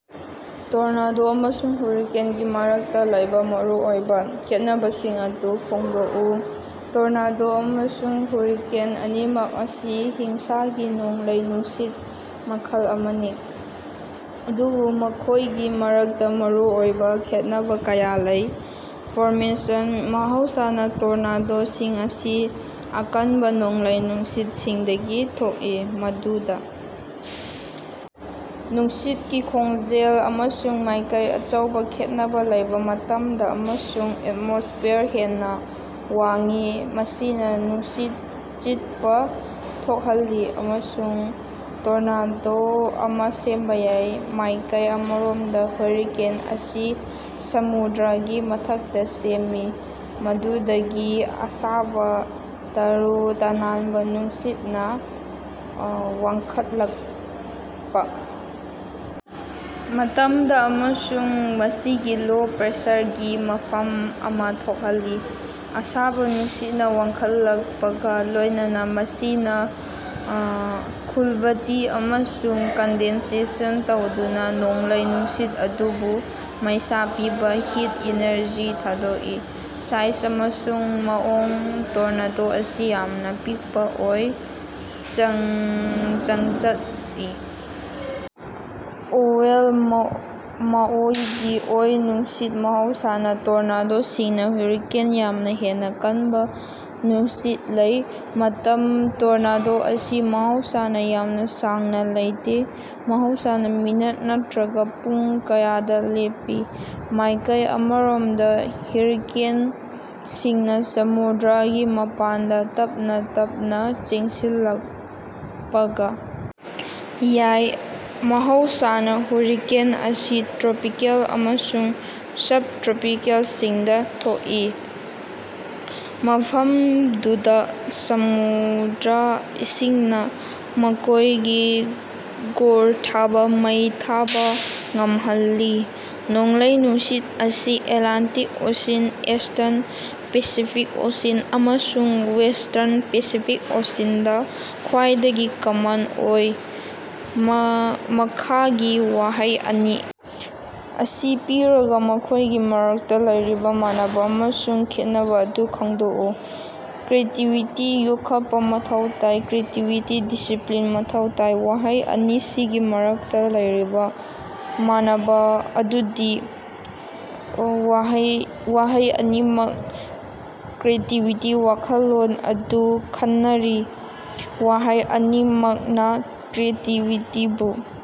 Tornado ꯑꯃꯁꯨꯡ ꯍꯨꯔꯤꯀꯦꯟꯒꯤ ꯃꯔꯛꯇ ꯂꯩꯕ ꯃꯔꯨꯑꯣꯏꯕ ꯈꯦꯠꯅꯕꯁꯤꯡ ꯑꯗꯨ ꯐꯣꯡꯗꯣꯛꯎ꯫ ꯇꯣꯔꯅꯥꯗꯣ ꯑꯃꯁꯨꯡ ꯍꯨꯔꯤꯀꯦꯟ ꯑꯅꯤꯃꯛ ꯑꯁꯤ ꯍꯤꯡꯁꯥꯒꯤ ꯅꯣꯡꯂꯩ-ꯅꯨꯡꯁꯤꯠ ꯃꯈꯜ ꯑꯃꯅꯤ꯫ ꯑꯗꯨꯕꯨ ꯃꯈꯣꯏꯒꯤ ꯃꯔꯛꯇ ꯃꯔꯨꯑꯣꯏꯕ ꯈꯦꯠꯅꯕ ꯀꯌꯥ ꯂꯩ꯫ ꯐꯣꯔꯃꯦꯁꯟ: ꯃꯍꯧꯁꯥꯅ ꯇꯣꯔꯅꯥꯗꯣꯁꯤꯡ ꯑꯁꯤ ꯑꯀꯟꯕ ꯅꯣꯡꯂꯩ-ꯅꯨꯡꯁꯤꯠꯁꯤꯡꯗꯒꯤ ꯊꯣꯛꯏ꯫ ꯃꯗꯨꯗ ꯅꯨꯡꯁꯤꯠꯀꯤ ꯈꯣꯡꯖꯦꯜ ꯑꯃꯁꯨꯡ ꯃꯥꯢꯀꯩꯗ ꯑꯆꯧꯕ ꯈꯦꯠꯅꯕ ꯂꯩꯕ ꯃꯇꯝꯗ ꯑꯃꯁꯨꯡ ꯑꯦꯇꯃꯣꯁ꯭ꯐꯤꯌꯔꯗ ꯍꯦꯟꯅ ꯋꯥꯡꯏ꯫ ꯃꯁꯤꯅ ꯅꯨꯡꯁꯤꯠ ꯁꯤꯠꯄ ꯊꯣꯛꯍꯜꯂꯤ꯫ ꯑꯃꯁꯨꯡ ꯇꯣꯔꯅꯥꯗꯣ ꯑꯃ ꯁꯦꯝꯕ ꯌꯥꯏ꯫ ꯃꯥꯏꯀꯩ ꯑꯃꯔꯣꯝꯗ, ꯍꯨꯔꯤꯀꯦꯟꯁꯤꯡ ꯑꯁꯤ ꯁꯃꯨꯗ꯭ꯔꯒꯤ ꯃꯊꯛꯇ ꯁꯦꯝꯃꯤ꯫ ꯃꯗꯨꯗꯤ ꯑꯁꯥꯕ ꯇꯔꯨ-ꯇꯅꯥꯟꯕ ꯅꯨꯡꯁꯤꯠꯅ ꯋꯥꯡꯈꯠꯂꯛꯄ ꯃꯇꯝꯗ ꯑꯃꯁꯨꯡ ꯃꯁꯤꯅ ꯂꯣ ꯄ꯭ꯔꯦꯁꯔꯒꯤ ꯃꯐꯝ ꯑꯃ ꯊꯣꯛꯍꯜꯂꯤ꯫ ꯑꯁꯥꯕ ꯅꯨꯡꯁꯤꯠꯅ ꯋꯥꯡꯈꯠꯂꯛꯄꯒ ꯂꯣꯏꯅꯅ ꯃꯁꯤꯅ ꯀꯨꯂꯕꯇꯤ ꯑꯃꯁꯨꯡ ꯀꯟꯗꯦꯟꯁꯟ ꯇꯧꯗꯨꯅ ꯅꯣꯡꯂꯩ-ꯅꯨꯡꯁꯤꯠ ꯑꯗꯨꯕꯨ ꯃꯩꯁꯥ ꯄꯤꯕ ꯍꯤꯠ ꯑꯦꯅꯔꯖꯤ ꯊꯥꯗꯣꯛꯏ꯫ ꯁꯥꯏꯖ ꯑꯃꯁꯨꯡ ꯃꯑꯣꯡ: ꯇꯣꯔꯅꯥꯗꯣꯁꯤꯡ ꯑꯁꯤ ꯌꯥꯝꯅ ꯄꯤꯛꯄ ꯑꯣꯏ꯫ ꯆꯥꯡꯆꯠꯇ ꯑꯣꯚꯜ ꯃꯑꯣꯡꯒꯤ ꯑꯣꯏ꯫ ꯅꯨꯡꯁꯤꯠ: ꯃꯍꯧꯁꯥꯅ ꯇꯣꯔꯅꯥꯗꯣꯁꯤꯡꯅ ꯍꯨꯔꯤꯀꯦꯟꯗꯒꯤ ꯌꯥꯝꯅ ꯍꯦꯟꯅ ꯀꯟꯕ ꯅꯨꯡꯁꯤꯠ ꯂꯩ꯫ ꯃꯇꯝ: ꯇꯣꯔꯅꯥꯗꯣꯁꯤꯡ ꯑꯁꯤ ꯃꯍꯧꯁꯥꯅ ꯌꯥꯝꯅ ꯁꯥꯡꯅ ꯂꯩꯇꯦ꯫ ꯃꯍꯧꯁꯥꯅ ꯃꯤꯅꯠ ꯅꯠꯇ꯭ꯔꯒ ꯄꯨꯡ ꯀꯌꯥꯗ ꯂꯦꯞꯄꯤ꯫ ꯃꯥꯏꯀꯩ ꯑꯃꯔꯣꯝꯗ, ꯍꯨꯔꯤꯀꯦꯟꯁꯤꯡꯅ ꯁꯃꯨꯗ꯭ꯔꯒꯤ ꯃꯄꯥꯟꯗ ꯇꯞꯅ ꯇꯞꯅ ꯆꯪꯁꯤꯜꯂꯛꯄꯒ ꯌꯥꯏ꯫ ꯃꯍꯧꯁꯥꯅ ꯍꯨꯔꯤꯀꯦꯟꯁꯤꯡ ꯑꯁꯤ ꯇ꯭ꯔꯣꯄꯤꯀꯦꯜ ꯑꯃꯁꯨꯡ ꯁꯕ-ꯇ꯭ꯔꯣꯄꯤꯛꯁꯤꯡꯗ ꯊꯣꯛꯏ꯫ ꯃꯐꯝꯗꯨꯗ ꯁꯃꯨꯗ꯭ꯔꯒꯤ ꯏꯁꯤꯡꯅ ꯃꯈꯣꯏꯒꯤ ꯒ꯭ꯔꯣꯊꯇꯥ ꯃꯩ ꯊꯥꯕꯥ ꯉꯝꯍꯜꯂꯤ꯫ ꯅꯣꯡꯂꯩ-ꯅꯨꯡꯁꯤꯠꯁꯤꯡ ꯑꯁꯤ Atlantic Ocean, eastern Pacific Ocean ꯑꯃꯁꯨꯡ ꯋꯦꯁ꯭ꯇꯔꯟ ꯄꯦꯁꯤꯐꯤꯛ ꯑꯣꯁꯤꯟꯗ ꯈ꯭ꯋꯥꯏꯗꯒꯤ ꯀꯃꯟ ꯑꯣꯏ꯫ ꯃꯈꯥꯒꯤ ꯋꯥꯍꯩ ꯑꯅꯤ ꯑꯁꯤ ꯄꯤꯔꯒ ꯃꯈꯣꯏꯒꯤ ꯃꯔꯛꯇ ꯂꯩꯔꯤꯕ ꯃꯥꯟꯅꯕ ꯑꯃꯁꯨꯡ ꯈꯦꯠꯅꯕ ꯑꯗꯨ ꯈꯪꯗꯣꯛꯎ꯫ ꯀ꯭ꯔꯤꯌꯦꯇꯤꯕꯤꯇꯤꯕꯨ ꯌꯣꯛꯈꯠꯄ ꯃꯊꯧ ꯇꯥꯏ꯫ ꯀ꯭ꯔꯤꯌꯦꯇꯤꯕꯤꯇꯤꯗ ꯗꯤꯁꯤꯞꯂꯤꯟ ꯃꯊꯧ ꯇꯥꯏ꯫ ꯋꯥꯍꯩ ꯑꯅꯤꯁꯤꯒꯤ ꯃꯔꯛꯇ ꯂꯩꯔꯤꯕ ꯃꯥꯟꯅꯕ ꯑꯗꯨꯗꯤ: ꯋꯥꯍꯩ ꯋꯥꯍꯩ ꯑꯅꯤꯃꯛ ꯀ꯭ꯔꯤꯌꯦꯇꯤꯕꯤꯇꯤꯒꯤ ꯋꯥꯈꯜꯂꯣꯟ ꯑꯗꯨ ꯈꯟꯅꯔꯤ꯫ ꯋꯥꯍꯩ ꯑꯅꯤꯃꯛꯅ ꯀ꯭ꯔꯤꯌꯦꯇꯤꯕꯤꯇꯤꯕꯨ